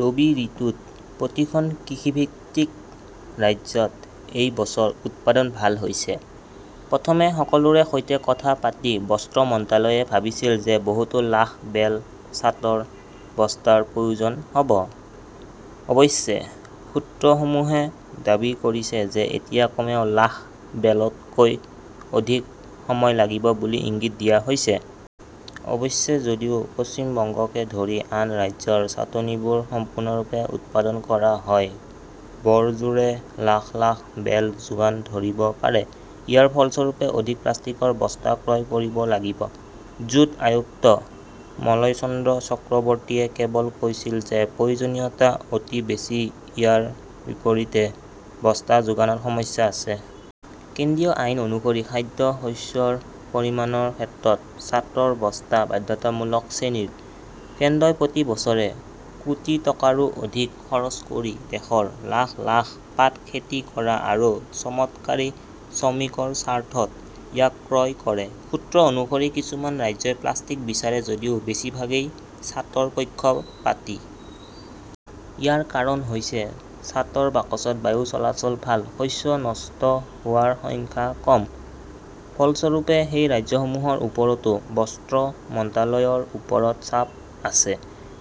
ৰবি ঋতুত প্ৰতিখন কৃষিভিত্তিক ৰাজ্যত এই বছৰ উৎপাদন ভাল হৈছে। প্ৰথমে সকলোৰে সৈতে কথা পাতি বস্ত্ৰ মন্ত্ৰালয়ে ভাবিছিল যে বহুতো লাখ বেল চাটৰ বস্তাৰ প্ৰয়োজন হ 'ব। অৱশ্যে সূত্ৰসমূহে দাবী কৰিছে যে এতিয়া কমেও লাখ বেলতকৈ অধিক সময় লাগিব বুলি ইংগিত দিয়া হৈছে। অৱশ্যে যদিও পশ্চিম বংগকে ধৰি আন ৰাজ্যৰ চাটনিবোৰ সম্পূৰ্ণৰূপে উৎপাদন কৰা হয়। বৰজোৰে লাখ -লাখ বেল যোগান ধৰিব পাৰে। ইয়াৰ ফলস্বৰূপে অধিক প্লাষ্টিকৰ বস্তা ক্ৰয় কৰিব লাগিব। জুট আয়ুক্ত মলয়চন্দ্ৰ চক্ৰৱৰ্তীয়ে কেৱল কৈছিল যে প্ৰয়োজনীয়তা অতি বেছি ইয়াৰ বিপৰীতে বস্তা যোগানত সমস্যা আছে। কেন্দ্ৰীয় আইন অনুসৰি খাদ্য, শস্যৰ পৰিমাণৰ ক্ষেত্ৰত চাটৰ বস্তা বাধ্যতামূলক চেনিৰ। কেন্দ্ৰই প্ৰতি বছৰে কোটি টকাৰো অধিক খৰচ কৰি দেশৰ লাখ -লাখ পাট খেতি কৰা আৰু চমৎকাৰী শ্ৰমিকৰ স্বাৰ্থত ইয়াক ক্ৰয় কৰে। সূত্ৰ অনুসৰি কিছুমান ৰাজ্যই প্লাষ্টিক বিচাৰে যদিও বেছিভাগেই চাটৰ পক্ষপাতী। ইয়াৰ কাৰণ হৈছে চাটৰ বাকচত বায়ু চলাচল ভাল। শস্য নষ্ট হোৱাৰ সংখ্যা কম। ফলস্বৰূপে, সেই ৰাজ্যসমূহৰ ওপৰতো বস্ত্ৰ মন্ত্ৰালয়ৰ ওপৰত চাপ আছে।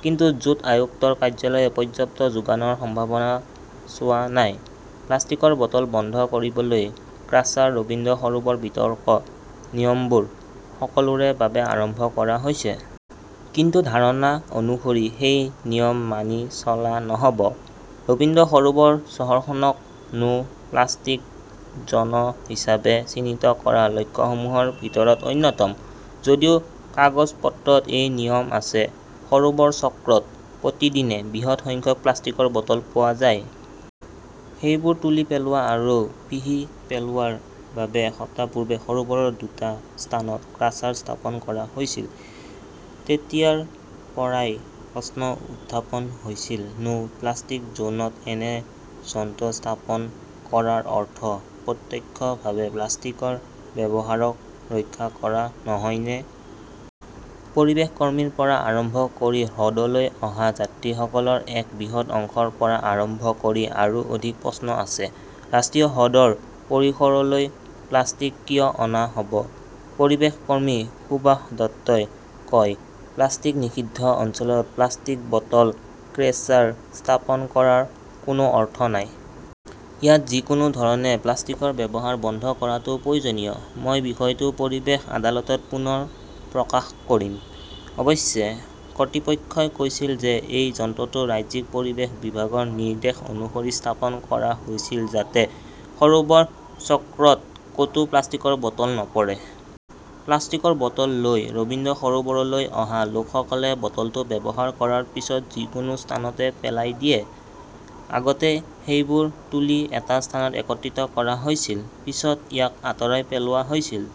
কিন্তু জুট আয়ুক্তৰ কাৰ্যালয়ে পৰ্যাপ্ত যোগানৰ সম্ভাৱনা চোৱা নাই। প্লাষ্টিকৰ বটল বন্ধ কৰিবলৈ ক্ৰাছাৰ ৰবীন্দ্ৰ সৰোবৰ বিতৰ্ক নিয়মবোৰ সকলোৰে বাবে আৰম্ভ কৰা হৈছে। কিন্তু ধাৰণা অনুসৰি সেই নিয়ম মানি চলা নহ'ব। ৰবীন্দ্ৰ সৰোবৰ চহৰখনক নো প্লাষ্টিক জ'ন হিচাপে চিহ্নিত কৰা লক্ষ্যসমূহৰ ভিতৰত অন্যতম। যদিও কাগজ-পত্ৰত এই নিয়ম আছে, সৰোবৰ চক্ৰত প্ৰতিদিনে বৃহৎ সংখ্যক প্লাষ্টিকৰ বটল পোৱা যায়। সেইবোৰ তুলি পেলোৱা আৰু পিহি পেলোৱাৰ বাবে এসপ্তাহ পূৰ্বে সৰোবৰৰ দুটা স্থানত ক্ৰাছাৰ স্থাপন কৰা হৈছিল। তেতিয়াৰ পৰাই প্ৰশ্ন উত্থাপন হৈছিল নো প্লাষ্টিক জ'নত এনে যন্ত্ৰ স্থাপন কৰাৰ অৰ্থ প্ৰত্যক্ষভাৱে প্লাষ্টিকৰ ব্যৱহাৰক ৰক্ষা কৰা নহয়নে? পৰিৱেশ কৰ্মীৰ পৰা আৰম্ভ কৰি হ্ৰদলৈ অহা যাত্ৰীসকলৰ এক বৃহৎ অংশৰ পৰা আৰম্ভ কৰি আৰু অধিক প্ৰশ্ন আছে, ৰাষ্ট্ৰীয় হ্ৰদৰ পৰিসৰলৈ প্লাষ্টিক কিয় অনা হ 'ব? পৰিৱেশ কৰ্মী সুভাষ দত্তই কয়, প্লাষ্টিক নিষিদ্ধ অঞ্চলত প্লাষ্টিক বটল ক্ৰেচাৰ স্থাপন কৰাৰ কোনো অৰ্থ নাই। ইয়াত যিকোনো ধৰণে প্লাষ্টিকৰ ব্যৱহাৰ বন্ধ কৰাটো প্ৰয়োজনীয়। মই বিষয়টো পৰিৱেশ আদালতত পুনৰ প্ৰকাশ কৰিম। অৱশ্যে কৰ্তৃপক্ষই কৈছিল যে এই যন্ত্ৰটো ৰাজ্যিক পৰিৱেশ বিভাগৰ নিৰ্দেশ অনুসৰি স্থাপন কৰা হৈছিল যাতে সৰোবৰ চক্ৰত ক'তো প্লাষ্টিকৰ বটল নপৰে। প্লাষ্টিকৰ বটল লৈ ৰবীন্দ্ৰ সৰোবৰলৈ অহা লোকসকলে বটলটো ব্যৱহাৰ কৰাৰ পিছত যিকোনো ঠাইতে পেলাই দিয়ে। আগতে সেইবোৰ তুলি এটা স্থানত একত্ৰিত কৰা হৈছিল। পিছত ইয়াক আঁতৰাই পেলোৱা হৈছিল।